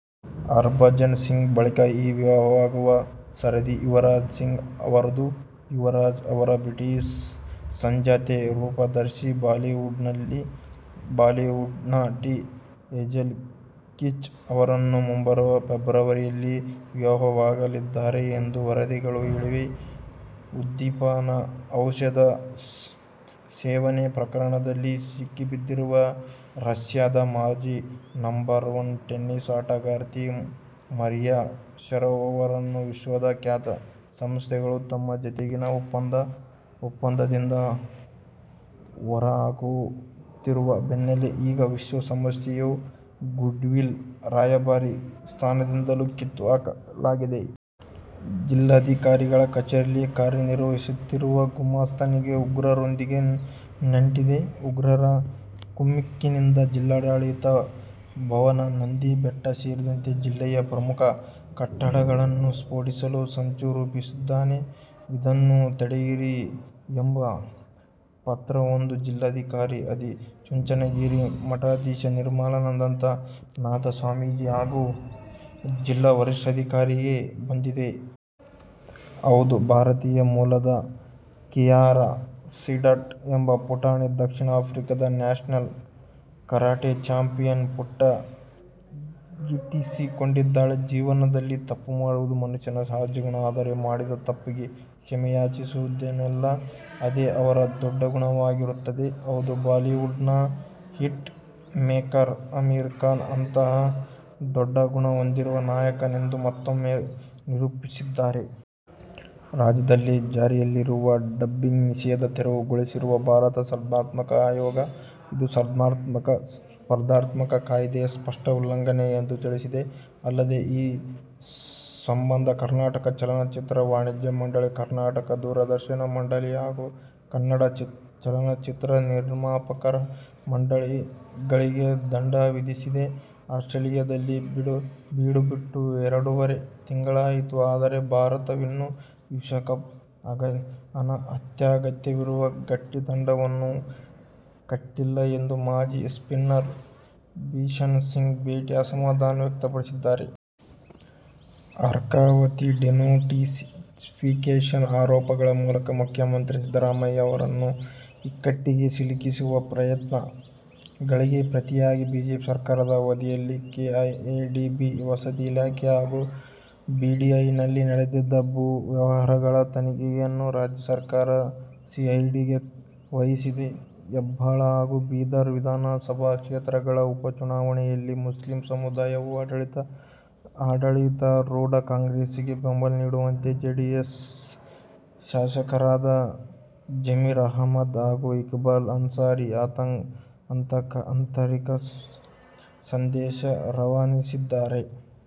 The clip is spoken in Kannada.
ಹರ್ಭಜನ್ ಸಿಂಗ್ ಬಳಿಕ ಈಗ ವಿವಾಹವಾಗುವ ಸರದಿ ಯುವರಾಜ್ ಸಿಂಗ್ ಅವರದು. ಯುವರಾಜ್ ಅವರು ಬ್ರಿಟಿಷ್ ಸಂಜಾತೆ ರೂಪದರ್ಶಿ, ಬಾಲಿವುಡ್ನಟಿ ಹೇಜೆಲ್ ಕೀಚ್ ಅವರನ್ನು ಮುಂಬರುವ ಫೆಬ್ರವರಿಯಲ್ಲಿ ವಿವಾಹವಾಗಲಿದ್ದಾರೆಂದು ವರದಿಗಳು ಹೇಳಿವೆ. ಉದ್ದೀಪನ ಔಷಧ ಸೇವನೆ ಪ್ರಕರಣದಲ್ಲಿ ಸಿಕ್ಕಿಬಿದ್ದಿರುವ ರಷ್ಯಾದ ಮಾಜಿ ನಂಬರ್ ಒನ್ ಟೆನಿಸ್ ಆಟಗಾರ್ತಿ ಮರಿಯಾ ಶರಪೋವಾರನ್ನು ವಿಶ್ವದ ಖ್ಯಾತ ಸಂಸ್ಥೆಗಳು ತಮ್ಮ ಜತೆಗಿನ ಒಪ್ಪಂದದಿಂದ ಹೊರ ಹಾಕುತ್ತಿರುವ ಬೆನ್ನಲ್ಲೇ ಈಗ ವಿಶ್ವ ಸಂಸ್ಥೆಯ "ಗುಡ್ವಿಲ್ ರಾಯಭಾರಿ' ಸ್ಥಾನದಿಂದಲೂ ಕಿತ್ತು ಹಾಕಲಾಗಿದೆ. "ಜಿಲ್ಲಾಧಿಕಾರಿಗಳ ಕಚೇರಿಯಲ್ಲಿ ಕಾರ್ಯ ನಿರ್ವಹಿಸುತ್ತಿರುವ ಗುಮಾಸ್ತನಿಗೆ ಉಗ್ರರೊಂದಿಗೆ ನಂಟಿದೆ. ಉಗ್ರರ ಕುಮ್ಮಕ್ಕಿನಿಂದ ಜಿಲ್ಲಾಡ ಳಿತ ಭವನ, ನಂದಿಬೆಟ್ಟ ಸೇರಿದಂತೆ ಜಿಲ್ಲೆಯ ಪ್ರಮುಖ ಕಟ್ಟಡಗಳನ್ನು ಸ್ಫೋಟಿಸಲು ಸಂಚು ರೂಪಿಸಿದ್ದಾನೆ. ಇದನ್ನು ತಡೆಯಿರಿ' ಎಂಬ ಪತ್ರ ವೊಂದು ಜಿಲ್ಲಾಧಿಕಾರಿ, ಆದಿಚುಂಚನಗಿರಿ ಮಠಾಧೀಶ ನಿರ್ಮಲಾನಂದ ನಾಥ ಸ್ವಾಮೀಜಿ ಹಾಗೂ ಜಿಲ್ಲಾ ವರಿಷ್ಠಾಧಿಕಾರಿಗಳಿಗೆ ಬಂದಿದೆ. ಹೌದು ಭಾರತೀಯ ಮೂಲದ ಖಿಯಾರಾ ಸೀಡಾಟ್ ಎಂಬ ಪುಟಾಣಿ ದಕ್ಷಿಣ ಆಫ್ರಿಕಾದ ನ್ಯಾಷನಲ್ ಕರಾಟೆ ಚಾಂಪಿಯನ್ ಪಟ್ಟ ಗಿಟಿಸಿಕೊಂಡಿದ್ದಾಳೆ! ಜೀವನದಲ್ಲಿ ತಪ್ಪುಮಾಡುವುದು ಮನುಷ್ಯನ ಸಹಜ ಗುಣ, ಆದರೆ ಮಾಡಿದ ತಪ್ಪಿಗೆ ಕ್ಷಮೆಯಾಚಿಸುದಿದೆಯಲ್ಲಾ ಅದೇ ಅವರ ದೊಡ್ಡ ಗುಣವಾಗಿರುತ್ತದೆ. ಹೌದು ಬಾಲಿವುಡ್ ನ ಹಿಟ್ ಮೇಕರ್ ಅಮೀರ್ ಖಾನ್ ಅಂತಹ ದೊಡ್ಡ ಗುಣ ಹೊಂದಿರುವ ನಾಯಕನೆಂದು ಮತ್ತೊಮ್ಮೆ ನಿರೂಪಿಸಿದ್ದಾರೆ. ರಾಜ್ಯದಲ್ಲಿ ಜಾರಿಯಲ್ಲಿರುವ ಡಬ್ಬಿಂಗ್ ನಿಷೇಧ ತೆರವುಗೊಳಿಸಿರುವ ಭಾರತ ಸ್ಪರ್ಧಾತ್ಮಕ ಆಯೋಗ, ಇದು ಸ್ಮರ್ಧಾತ್ಮಕ ಕಾಯ್ದೆಯ ಸ್ಪಷ್ಟ ಉಲ್ಲಂಘನೆ ಎಂದು ತಿಳಿಸಿದೆ. ಅಲ್ಲದೆ, ಈ ಸಂಬಂಧ ಕರ್ನಾಟಕ ಚಲನಚಿತ್ರ ವಾಣಿಜ್ಯ ಮಂಡಳಿ, ಕರ್ನಾಟಕ ದೂರದರ್ಶನ ಮಂಡಳಿ ಹಾಗೂ ಕನ್ನಡ ಚಲನಚಿತ್ರ ನಿರ್ಮಾಪಕರ ಮಂಡಳಿಗಳಿಗೆ ದಂಡ ವಿಧಿಸಿದೆ. ಆಸ್ಟ್ರೇಲಿಯದಲ್ಲಿ ಬೀಡುಬಿಟ್ಟು ಎರಡೂವರೆ ತಿಂಗಳಾಯಿತು, ಆದರೆ ಭಾರತವಿನ್ನೂ ವಿಶ್ವಕಪ್ಗೆ ಅತ್ಯಗತ್ಯವಿರುವ ಗಟ್ಟಿ ತಂಡವನ್ನು ಕಟ್ಟಿಲ್ಲ ಎಂದು ಮಾಜಿ ಸ್ಪಿನ್ನರ್ ಬಿಷನ್ ಸಿಂಗ್ ಬೇಡಿ ಅಸಮಾಧಾನ ವ್ಯಕ್ತಪಡಿಸಿದ್ದಾರೆ. ಅರ್ಕಾವತಿ ಡಿನೋಟಿಫಿಕೇಷನ್ ಆರೋಪಗಳ ಮೂಲಕ ಮುಖ್ಯಮಂತ್ರಿ ಸಿದ್ದರಾಮಯ್ಯ ಅವರನ್ನು ಇಕ್ಕಟ್ಟಿಗೆ ಸಿಲುಕಿಸುವ ಪ್ರಯತ್ನಗಳಿಗೆ ಪ್ರತಿಯಾಗಿ ಬಿಜೆಪಿ ಸರ್ಕಾರದ ಅವಧಿಯಲ್ಲಿ ಕೆಐಎಡಿಬಿ, ವಸತಿ ಇಲಾಖೆ ಹಾಗೂ ಬಿಡಿಎನಲ್ಲಿ ನಡೆದಿದ್ದ ಭೂ ಅವ್ಯವಹಾರಗಳ ತನಿಖೆ ಯನ್ನು ರಾಜ್ಯ ಸರ್ಕಾರ ಸಿಐಡಿಗೆ ವಹಿಸಿದೆ. ಹೆಬ್ಟಾಳ ಹಾಗೂ ಬೀದರ್ ವಿಧಾನಸಭಾ ಕ್ಷೇತ್ರಗಳ ಉಪಚುನಾವಣೆಯಲ್ಲಿ ಮುಸ್ಲಿಂ ಸಮುದಾಯವು ಆಡಳಿತಾರೂಢ ಕಾಂಗ್ರೆಸ್ಸಿಗೆ ಬೆಂಬಲ ನೀಡುವಂತೆ ಜೆಡಿಎಸ್ ಶಾಸಕರಾದ ಜಮೀರ್ ಅಹಮದ್ ಹಾಗೂ ಇಕ್ಬಾಲ್ ಅನ್ಸಾರಿ ಆಂತರಿಕ ಸಂದೇಶ ರವಾನಿಸಿದ್ದಾರೆ.